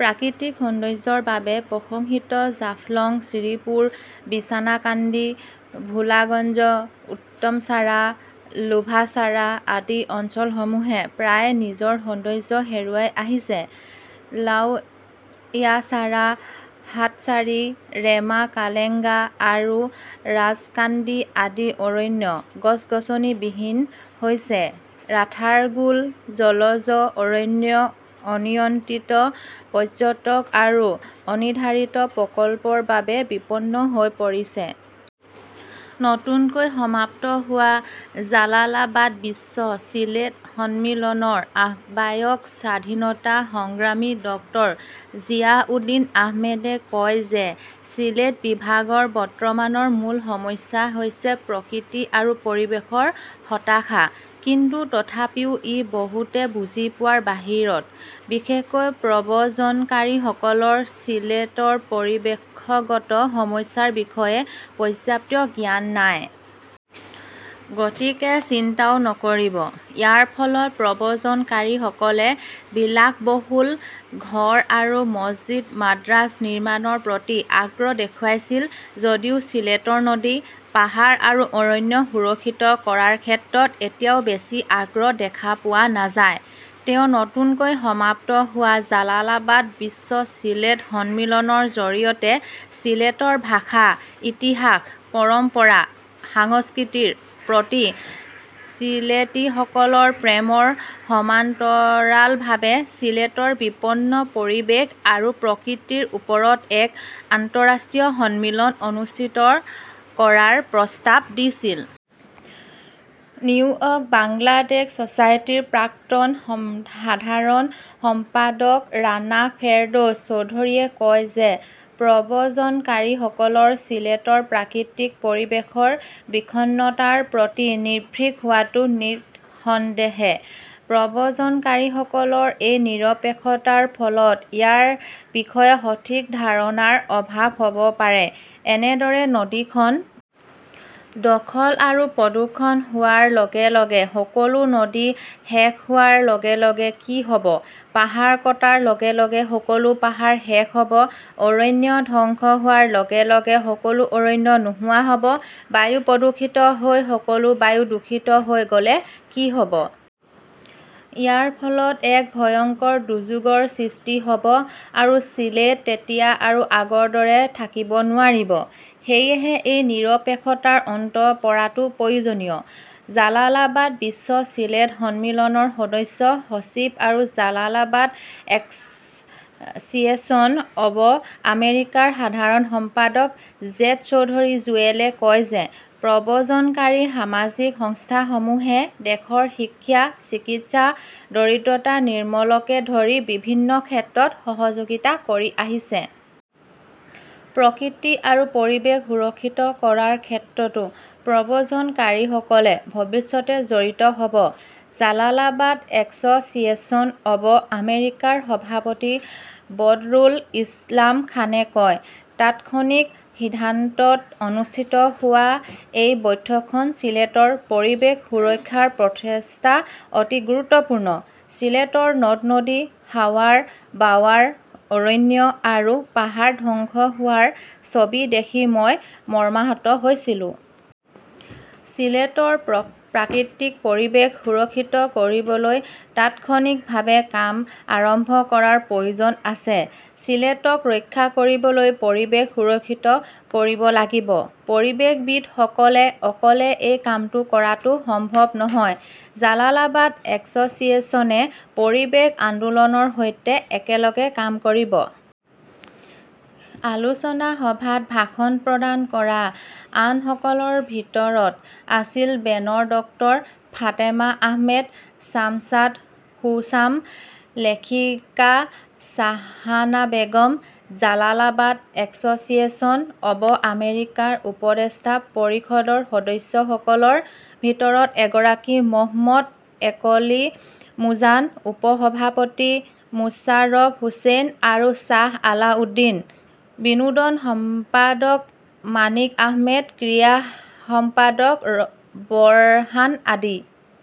প্ৰাকৃতিক সৌন্দৰ্য্যৰ বাবে প্ৰশংসিত জাফলং, শ্ৰীপুৰ, বিছানাকান্দি, ভোলাগঞ্জ, উত্তমচাৰা, লোভাচাৰা আদি অঞ্চলসমূহে প্ৰায়ে নিজৰ সৌন্দৰ্য হেৰুৱাই আহিছে। লাউয়াছাৰা, সাতচাৰী, ৰেমা-কালেঙ্গা আৰু ৰাজকান্দি আদি অৰণ্য গছ-গছনিবিহীন হৈছে। ৰাথাৰগুল জলজ অৰণ্য অনিয়ন্ত্ৰিত পৰ্যটক আৰু অনিৰ্ধাৰিত প্ৰকল্পৰ বাবে বিপন্ন হৈ পৰিছে। নতুনকৈ সমাপ্ত হোৱা জালালাবাদ বিশ্ব চিলেট সন্মিলনৰ আহ্বায়ক স্বাধীনতা সংগ্ৰামী ডক্টৰ জিয়াউদ্দিন আহমেদে কয় যে, চিলেট বিভাগৰ বৰ্তমানৰ মূল সমস্যা হৈছে প্ৰকৃতি আৰু পৰিৱেশৰ হতাশা। কিন্তু তথাপিও ই বহুতে বুজি পোৱাৰ বাহিৰত। বিশেষকৈ প্ৰব্ৰজনকাৰীসকলৰ চিলেটৰ পৰিৱেশগত সমস্যাৰ বিষয়ে পৰ্যাপ্ত জ্ঞান নাই। গতিকে চিন্তাও নকৰিব। ইয়াৰ ফলত প্ৰব্ৰজনকাৰীসকলে বিলাসবহুল ঘৰ আৰু মছজিদ মাদ্ৰাজ নিৰ্মাণৰ প্ৰতি আগ্ৰহ দেখুৱাইছিল যদিও চিলেটৰ নদী, পাহাৰ আৰু অৰণ্য সুৰক্ষিত কৰাৰ ক্ষেত্ৰত এতিয়াও বেছি আগ্ৰহ দেখা পোৱা নাযায়। তেওঁ নতুনকৈ সমাপ্ত হোৱা জালালাবাদ বিশ্ব চিলেট সন্মিলনৰ জৰিয়তে চিলেটৰ ভাষা-ইতিহাস-পৰম্পৰা-সংস্কৃতিৰ প্ৰতি চিলেটীসকলৰ প্ৰেমৰ সমান্তৰালভাৱে চিলেটৰ বিপন্ন পৰিৱেশ আৰু প্ৰকৃতিৰ ওপৰত এক আন্তঃৰাষ্ট্ৰীয় সন্মিলন অনুষ্ঠিত কৰাৰ প্ৰস্তাৱ দিছিল। নিউয়ৰ্ক বাংলাদেশ ছ'চাইটিৰ প্ৰাক্তন সাধাৰণ সম্পাদক ৰাণা ফেৰদৌছ চৌধুৰীয়ে কয় যে, প্ৰব্ৰজনকাৰীসকলৰ চিলেটৰ প্ৰাকৃতিক পৰিৱেশৰ বিষণ্ণতাৰ প্ৰতি নিৰ্ভীক হোৱাটো নিঃসন্দেহে। প্ৰব্ৰজনকাৰীসকলৰ এই নিৰপেক্ষতাৰ ফলত ইয়াৰ বিষয়ে সঠিক ধাৰণাৰ অভাৱ হ'ব পাৰে। এনেদৰে নদীখন দখল আৰু প্ৰদূষণ হোৱাৰ লগে লগে সকলো নদী শেষ হোৱাৰ লগে লগে কি হ'ব, পাহাৰ কটাৰ লগে লগে সকলো পাহাৰ শেষ হ'ব, অৰণ্য ধ্বংস হোৱাৰ লগে লগে সকলো অৰণ্য নোহোৱা হ'ব, বায়ু প্ৰদূষিত হৈ সকলো বায়ু দূষিত হৈ গ’লে কি হ’ব? ইয়াৰ ফলত এক ভয়ংকৰ দুৰ্যোগৰ সৃষ্টি হ’ব আৰু চিলেট তেতিয়া আৰু আগৰ দৰে থাকিব নোৱাৰিব। সেয়েহে এই নিৰপেক্ষতাৰ অন্ত পৰাটো প্ৰয়োজনীয়। জালালাবাদ বিশ্ব চিলেট সন্মিলনৰ সদস্য সচিব আৰু জালালাবাদ এছ'চিয়েশ্যন অৱ আমেৰিকাৰ সাধাৰণ সম্পাদক জেড চৌধুৰী জুৱেলে কয় যে, প্ৰব্ৰজনকাৰী সামাজিক সংস্থাসমূহে দেশৰ শিক্ষা, চিকিৎসা, দৰিদ্ৰতা নিৰ্মূলকে ধৰি বিভিন্ন ক্ষেত্ৰত সহযোগিতা কৰি আহিছে। প্ৰকৃতি আৰু পৰিৱেশ সুৰক্ষিত কৰাৰ ক্ষেত্ৰতো প্ৰব্ৰজনকাৰীসকলে ভৱিষ্যতে জড়িত হ'ব। জালালাবাদ এছ'চিয়েশ্যন অৱ আমেৰিকাৰ সভাপতি বদৰুল ইছলাম খানে কয়, তাৎক্ষণিক সিদ্ধান্তত অনুষ্ঠিত হোৱা এই বৈঠকখন চিলেটৰ পৰিৱেশ সুৰক্ষাৰ প্ৰচেষ্টা অতি গুৰুত্বপূৰ্ণ। ছিলেটৰ নদ-নদী, হাৱাৰ-বাৱাৰ, অৰণ্য আৰু পাহাৰ ধ্বংস হোৱাৰ ছবি দেখি মই মৰ্মাহত হৈছিলোঁ। চিলেটৰ প্ৰাকৃতিক পৰিৱেশ সুৰক্ষিত কৰিবলৈ তাৎক্ষণিকভাৱে কাম আৰম্ভ কৰাৰ প্ৰয়োজন আছে। চিলেটক ৰক্ষা কৰিবলৈ পৰিৱেশ সুৰক্ষিত কৰিব লাগিব। পৰিৱেশবিদসকলে অকলে এই কামটো কৰাটো সম্ভৱ নহয়। জালালাবাদ এছ'চিয়েশ্যনে পৰিৱেশ আন্দোলনৰ সৈতে একেলগে কাম কৰিব। আলোচনা সভাত ভাষণ প্ৰদান কৰা আনসকলৰ ভিতৰত আছিল বেনৰ ডক্টৰ ফাতেমা আহমেদ, ছামশাদ হুছাম, লেখিকা শ্বাহানা বেগম, জালালাবাদ এছ'চিয়েশ্যন অৱ আমেৰিকাৰ উপদেষ্টা পৰিষদৰ সদস্যসকলৰ ভিতৰত এগৰাকী মহম্মদ একলিমুজান, উপ-সভাপতি মুশ্বাৰফ হোসেন আৰু শ্বাহ আলাউদ্দিন, বিনোদন সম্পাদক মাণিক আহমেদ, ক্ৰীড়া সম্পাদক বৰহান আদি।